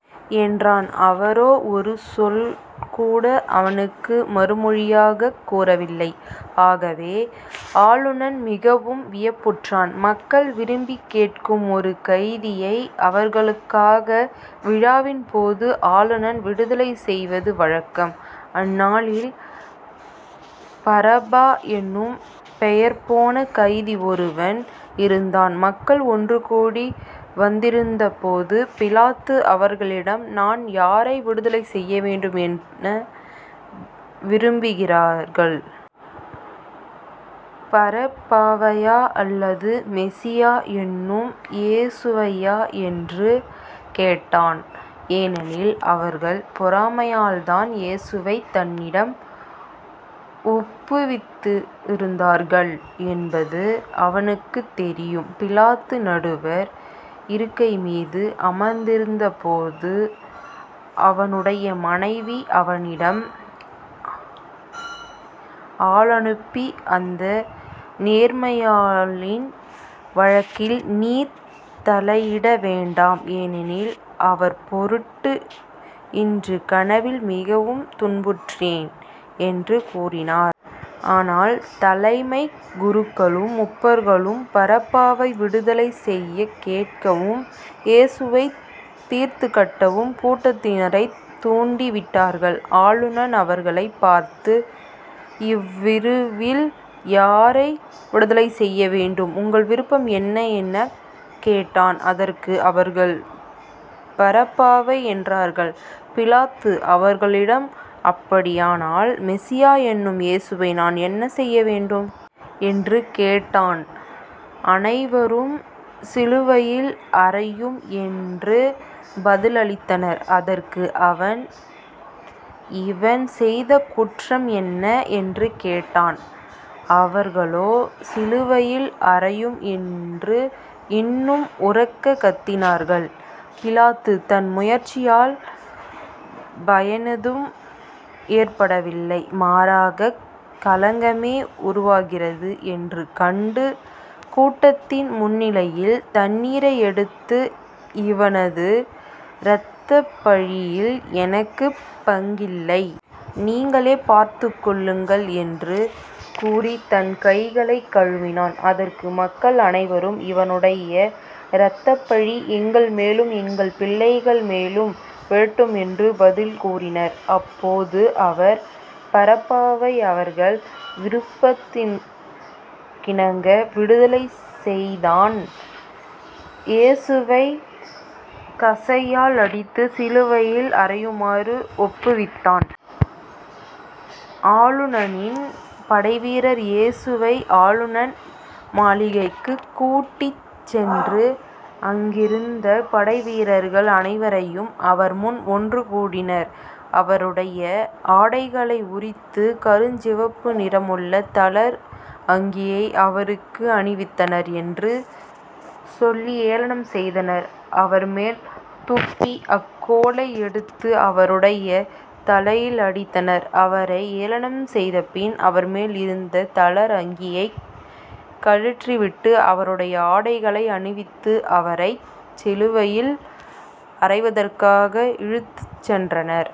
என்றான். அவரோ ஒரு சொல்கூட அவனுக்கு மறுமொழியாகக் கூறவில்லை. ஆகவே ஆளநன் மிகவும் வியப்புற்றான். மக்கள் விரும்பிக் கேட்கும் ஒரு கைதியை அவர்களுக்காக, விழாவின் போது ஆளநன் விடுதலை செய்வது வழக்கம். அந்நாளில் பரபா என்னும் பெயர்போன கைதி ஒருவன் இருந்தான். மக்கள் ஒன்றுகூடி வந்திருந்தபோது பிலாத்து அவர்களிடம் நான் யாரை விடுதலை செய்யவேண்டும் என விரும்புகிறார்கள்? பரபாவையா? அல்லது மெசியா என்னும் இயேசுவையா? என்று கேட்டான். ஏனெனில் அவர்கள் பொறாமையால்தான் இயேசுவைத் தன்னிடம் ஒப்புவித்திருந்தார்கள் என்பது அவனுக்குத் தெரியும். பிலாத்து நடுவர் இருக்கைமீது அமர்ந்திருந்தபோது அவனுடைய மனைவி அவனிடம் ஆளனுப்பி அந்த நேர்மையாளின் வழக்கில் நீர் தலையிட வேண்டாம். ஏனெனில் அவர்பொருட்டு இன்று கனவில் மிகவும் துன்புற்றேன் என்று கூறினார். ஆனால் தலைமைக் குருக்களும் முப்பர்களும் பரபாவை விடுதலை செய்யக் கேட்கவும் இயேசுவைத் தீர்த்துக்கட்டவும் கூட்டத்தினரைத் தூண்டி விட்டார்கள். ஆளுநன் அவர்களைப் பார்த்து இவ்விருவில் யாரை விடுதலை செய்யவேண்டும்? உங்கள் விருப்பம் என்ன? எனக் கேட்டான். அதற்கு அவர்கள் பரபாவை என்றார்கள். பிலாத்து அவர்களிடம் அப்படியானால் மெசியா என்னும் இயேசுவை நான் என்ன செய்ய வேண்டும்? என்று கேட்டான். அனைவரும் சிலுவையில் அறையும் என்று பதிலளித்தனர். அதற்கு அவன் இவன் செய்த குற்றம் என்ன? என்று கேட்டான். அவர்களோ சிலுவையில் அறையும் என்று இன்னும் உரக்கக் கத்தினார்கள். பிலாத்து தன் முயற்சியால் பயனேதும் ஏற்படவில்லை. மாறாகக் கலங்கமே உருவாகிறது என்று கண்டு கூட்டத்தின் முன்னிலையில் தண்ணீரை எடுத்து இவனது இரத்தப்பழியில் எனக்குப் பங்கில்லை. நீங்களே பார்த்துக்கொள்ளுங்கள் என்று கூறித் தன் கைகளைக் கழுவினான். அதற்கு மக்கள் அனைவரும் இவனுடைய இரத்தப்பழி எங்கள்மேலும் எங்கள் பிள்ளைகள் மேலும் விழட்டும் என்று பதில் கூறினர். அப்போது அவர் பரபாவை அவர்கள் விருப்பத்திற்கிணங்க விடுதலை செய்தான் இயேசுவைக் கசையால் அடித்துச் சிலுவையில் அறையுமாறு ஒப்புவித்தான். ஆளுநனின் படைவீரர் இயேசுவை ஆளுநன் மாளிகைக்குக் கூட்டிச் சென்று அங்கிருந்த படைவீரர்கள் அனைவரையும் அவர்முன் ஒன்று கூடினர் அவருடைய ஆடைகளை உரித்து, கருஞ்சிவப்பு நிறமுள்ள தளர் அங்கியை அவருக்கு அணிவித்தனர். என்று சொல்லி ஏளனம் செய்தனர் அவர்மேல் துப்பி அக்கோலை எடுத்து அவருடைய தலையில் அடித்தனர் அவரை ஏளனம் செய்தபின் அவர்மேல் இருந்த தளர் அங்கியைக் கழற்றிவிட்டு அவருடைய ஆடைகளை அணிவித்து அவரைச் சிலுவையில் அறைவதற்காக இழுத்துச் சென்றனர்.